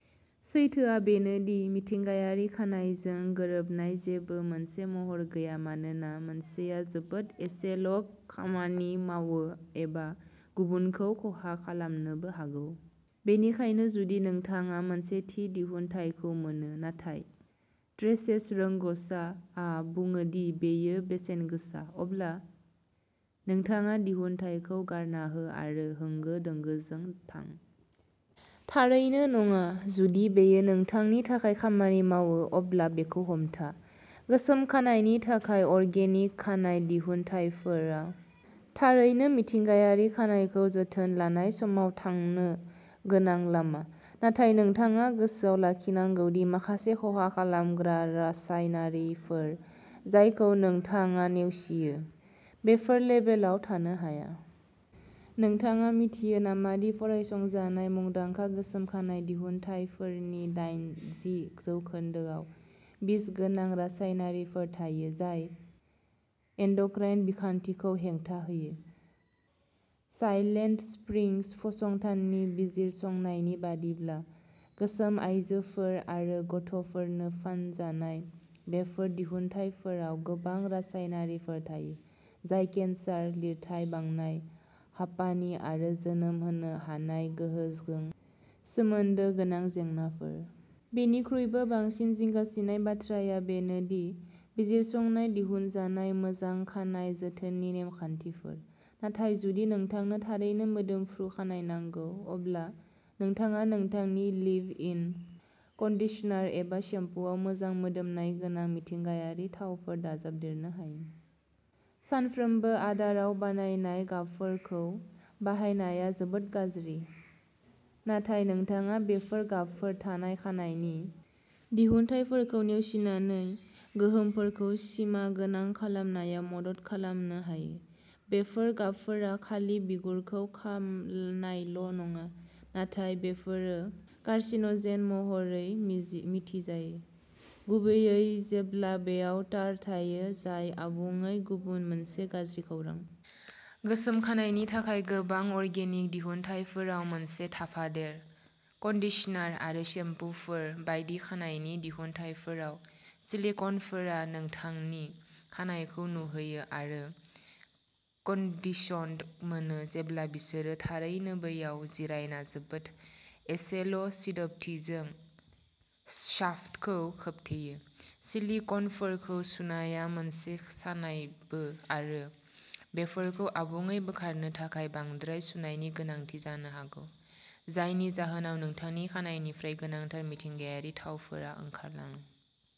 सैथोआ बेनो दि, मिथिंगायारि खानाइजों गोरोबनाय जेबो मोनसे महर गैया मानोना मोनसेया जोबोद एसेल' खामानि मावो एबा गुबुनखौ खहा खालामनोबो हागौ, बेनिखायनो जुदि नोंथाङा मोनसे थि दिहुनथाइखौ मोनो, नाथाय "ट्रेसेस रोंग'सा" आ बुङो दि बेयो बेसेनगोसा, अब्ला नोंथाङा दिहुनथायखौ गारना हो आरो होंगो दोंगोजों थां? थारैनो नङा! जुदि बेयो नोंथांनि थाखाय खामानि मावो, अब्ला बेखौ हमथा! गोसोम खानाइनि थाखाय अर्गेनिक खानाइ दिहुनथायफोरा थारैनो मिथिंगायारि खानाइखौ जोथोन लानाय समाव थांनो गोनां लामा, नाथाय नोंथाङा गोसोआव लाखिनांगौ दि माखासे खहा खालामग्रा रासायनारिफोर जायखौ नोंथाङा नेवसियो, बेफोर लेबेलआव थानो हाया। नोंथाङा मिथियो नामा दि फरायसंजानाय मुंदांखा गोसोम खानाइ दिहुनथायफोरनि दाइनजि जौखोनदो आव बिसगोनां रासायनारिफोर थायो जाय एन्डक्राइन बिखान्थिखौ "हेंथा" होयो? साइलेन्ट स्प्रिंग्स फसंथाननि बिजिरसंनायनि बायदिब्ला, गोसोम आयजोफोर आरो गथ'फोरनो फानजानाय बेफोर दिहुनथायफोराव गोबां रासायनारिफोर थायो, जाय केन्सार, लिरथाय बांनाय, हापानि आरो जोनोम होनो हानाय गोहोजों सोमोन्दो गोनां जेंनाफोर। बेनिख्रुइबो बांसिन जिंगासिनाय बाथ्राया बेनो दि बिजिरसंनाय दिहुनजानाय मोजां खानाय जोथोननि नेमखान्थिफोर, नाथाय जुदि नोंथांनो थारैनो मोदोमफ्रु खानाय नांगौ, अब्ला नोंथाङा नोंथांनि लिभ-इन कन्डिशनार एबा सेम्पुआव मोजां मोदोमनाय गोनां मिथिंगायारि थावफोर दाजाबदेरनो हायो। सानफ्रोमबो आदाराव बानायनाय गाबफोरखौ बाहायनाया जोबोद गाज्रि, नाथाय नोंथाङा बेफोर गाबफोर थानाय खानाइनि दिहुनथायफोरखौ नेवसिनानै गोहोमफोरखौ सिमागोनां खालामनायाव मदद खालामनो हायो। बेफोर गाबफोरा खालि बिगुरखौ खामनायल' नङा, नाथाय बेफोरो कार्सिन'जेन महरै मिथिजायो, गुबैयै जेब्ला बेयाव टार थायो जाय आबुङै गुबुन मोनसे गाज्रि खौरां। गोसोम खानाइनि थाखाय गोबां अर्गेनिक दिहुनथायफोराव मोनसे थाफादेर, कन्डिशनार आरो सेम्पुफोर बायदि खानाइनि दिहुनथायफोराव सिलिक'नफोरा नोंथांनि खानाइखौ नुहोयो आरो कन्डिशन्ड मोनो जेब्ला बिसोरो थारैनो बैयाव जिरायना जोबोद एसेल' सिदोबथिजों शाफ्टखौ खोबथेयो। सिलिक'नफोरखौ सुनाया मोनसे सानायबो आरो बेफोरखौ आबुङै बोखारनो थाखाय बांद्राय सुनायनि गोनांथि जानो हागौ, जायनि जाहोनाव नोंथांनि खानाइनिफ्राय गोनांथार मिथिंगायारि थावफोरा ओंखारलाङो।